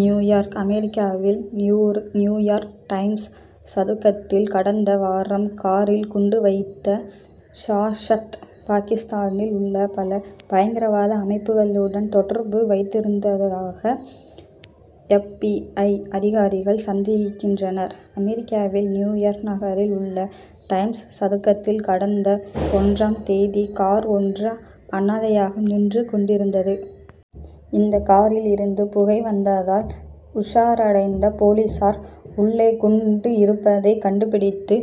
New York அமெரிக்காவில் New York Times சதுக்கத்தில் கடந்த வாரம் காரில் குண்டு வைத்த ஷசாத் பாகிஸ்தானில் உள்ள பல பயங்கரவாத அமைப்புகளுடன் தொடர்பு வைத்திருந்ததாக எப். பி. ஐ. அதிகாரிகள் சந்தேகிக்கின்றனர். அமெரிக்காவின் நியூயார்க் நகரில் உள்ள டைம்ஸ் சதுக்கத்தில் கடந்த ஒன்றாம் தேதி கார் ஒன்று அனாதையாக நின்று கொண்டிருந்தது. இந்த காரில் இருந்து புகை வந்ததால் உஷாரடைந்த போலீசார் உள்ளே குண்டு இருப்பதை கண்டுபிடித்து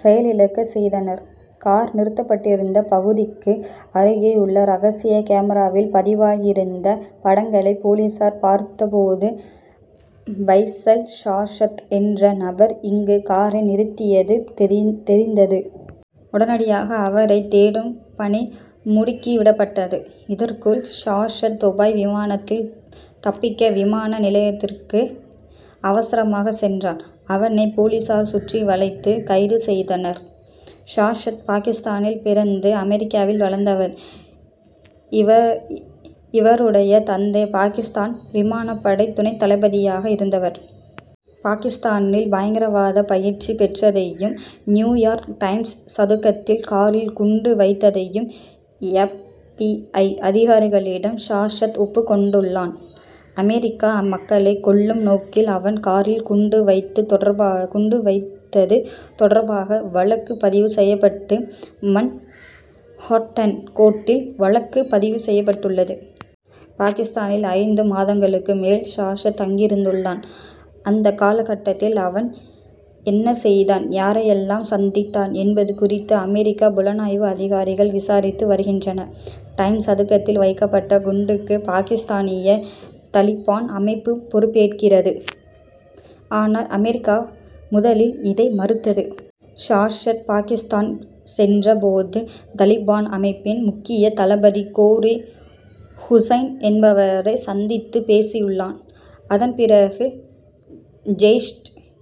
செயலிழக்கச் செய்தனர். கார் நிறுத்தப்பட்டிருந்த பகுதிக்கு அருகே உள்ள ரகசிய கேமராவில் பதிவாகியிருந்த படங்களை போலீசார் பார்த்த போது பைசல் ஷசாத் என்ற நபர் இங்கு காரை நிறுத்தியது தெரிந்தது. உடனடியாக அவரை தேடும் பணி முடுக்கி விடப்பட்டது. இதற்குள் ஷசாத் துபாய் விமானத்தில் தப்பிக்க விமான நிலையத்திற்கு அவசரமாகச் சென்றான். அவனை போலீசார் சுற்றி வளைத்து கைது செய்தனர். ஷசாத் பாகிஸ்தானில் பிறந்து அமெரிக்காவில் வளர்ந்தவன். இவருடைய தந்தை பாகிஸ்தான் விமானப்படை துணைத் தளபதியாக இருந்தவர். பாகிஸ்தானில் பயங்கரவாத பயிற்சி பெற்றதையும் நியூயார்க் டைம்ஸ் சதுக்கத்தில் காரில் குண்டு வைத்ததையும் எப். பி. ஐ. அதிகாரிகளிடம் ஷசாத் ஒப்புக் கொண்டுள்ளான். அமெரிக்க மக்களை கொல்லும் நோக்கில் அவன் காரில் குண்டு வைத்தது தொடர்பாக வழக்கு பதிவு செய்யப்பட்டு மன் ஹாட்டன் கோர்ட்டில் வழக்கு பதிவு செய்யப்பட்டுள்ளது. பாகிஸ்தானில் ஐந்து மாதங்களுக்கு மேல் ஷசாத் தங்கியிருந்துள்ளான். அந்த காலகட்டத்தில் அவன் என்ன செய்தான் யாரையெல்லாம் சந்தித்தான் என்பது குறித்து அமெரிக்க புலனாய்வு அதிகாரிகள் விசாரித்து வருகின்றனர். டைம் சதுக்கத்தில் வைக்கப்பட்ட குண்டுக்கு பாகிஸ்தானிய தலிபான் அமைப்பு பொறுப்பேற்கிறது. ஆனால் அமெரிக்கா முதலில் இதை மறுத்தது. ஷசாத் பாகிஸ்தான் சென்ற போது தலிபான் அமைப்பின் முக்கிய தளபதி கோரி ஹூசைன் என்பவரை சந்தித்துப் பேசியுள்ளான். அதன் பிறகு ஜெய்ஷ்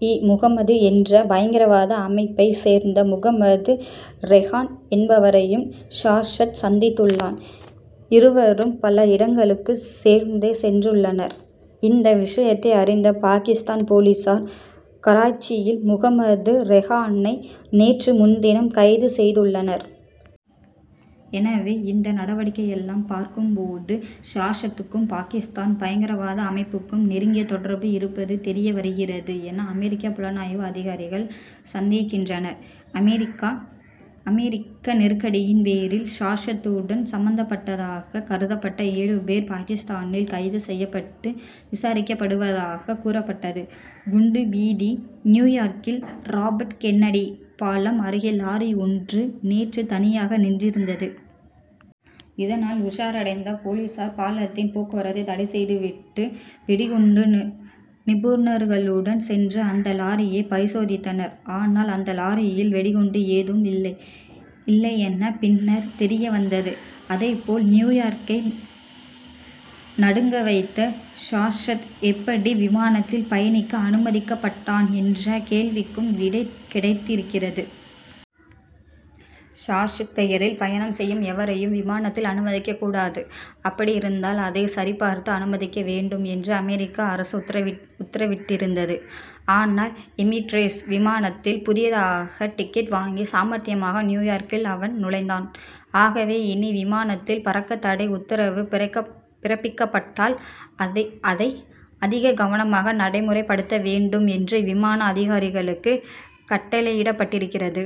இ முகமது என்ற பயங்கரவாத அமைப்பைச் சேர்ந்த முகமது ரெகான் என்பவரையும் ஷசாத் சந்தித்துள்ளான். இருவரும் பல இடங்களுக்கு சேர்ந்தே சென்றுள்ளனர். இந்த விஷயத்தை அறிந்த பாகிஸ்தான் போலீசார் கராச்சியில் முகமது ரெகானை நேற்று முன்தினம் கைது செய்துள்ளனர். எனவே இந்த நடவடிக்கையெல்லாம் பார்க்கும் போது ஷசாத்துக்கும் பாகிஸ்தான் பயங்கரவாத அமைப்புக்கும் நெருங்கிய தொடர்பு இருப்பது தெரிய வருகிறது என அமெரிக்க புலனாய்வு அதிகாரிகள் சந்தேகிக்கின்றனர். அமெரிக்க நெருக்கடியின் பேரில் ஷசாத்துடன் சம்பந்தப்பட்டதாகக் கருதப்பட்ட ஏழு பேர் பாகிஸ்தானில் கைது செய்யப்பட்டு விசாரிக்கப்படுவதாகக் கூறப்பட்டது. குண்டு பீதி நியூயார்க்கில் ராபர்ட் கென்னடி பாலம் அருகே லாரி ஒன்று நேற்று தனியாக நின்றிருந்தது. இதனால் உஷாரடைந்த போலீசார் பாலத்தில் போக்குவரத்தை தடை செய்து விட்டு வெடிகுண்டு நிபுணர்களுடன் சென்று அந்த லாரியை பரிசோதித்தனர். ஆனால் அந்த லாரியில் வெடிகுண்டு ஏதும் இல்லையென பின்னர் தெரிய வந்தது. அதேபோல் நியூயார்க்கை நடுங்க வைத்த ஷசாத் எப்படி விமானத்தில் பயணிக்க அனுமதிக்கப்பட்டான் என்ற கேள்விக்கும் விடை கிடைத்திருக்கிறது. ஷசாத் பெயரில் பயணம் செய்யும் எவரையும் விமானத்தில் அனுமதிக்கக்கூடாது அப்படியிருந்தால் அதை சரி பார்த்து அனுமதிக்க வேண்டும் என்று அமெரிக்க அரசு உத்தரவிட்டிருந்தது. ஆனால் எம்மிட்ரேட்ஸ் விமானத்தில் புதிதாக டிக்கெட் வாங்கி சாமர்த்தியமாக நியூயார்க்கில் அவன் நுழைந்தான். ஆகவே இனி விமானத்தில் பறக்க தடை உத்தரவு பிறப்பிக்கப்பட்டால் அதை அதிக கவனமாக நடைமுறைப்படுத்த வேண்டும் என்று விமான அதிகாரிகளுக்கு கட்டளையிடப்பட்டிருக்கிறது.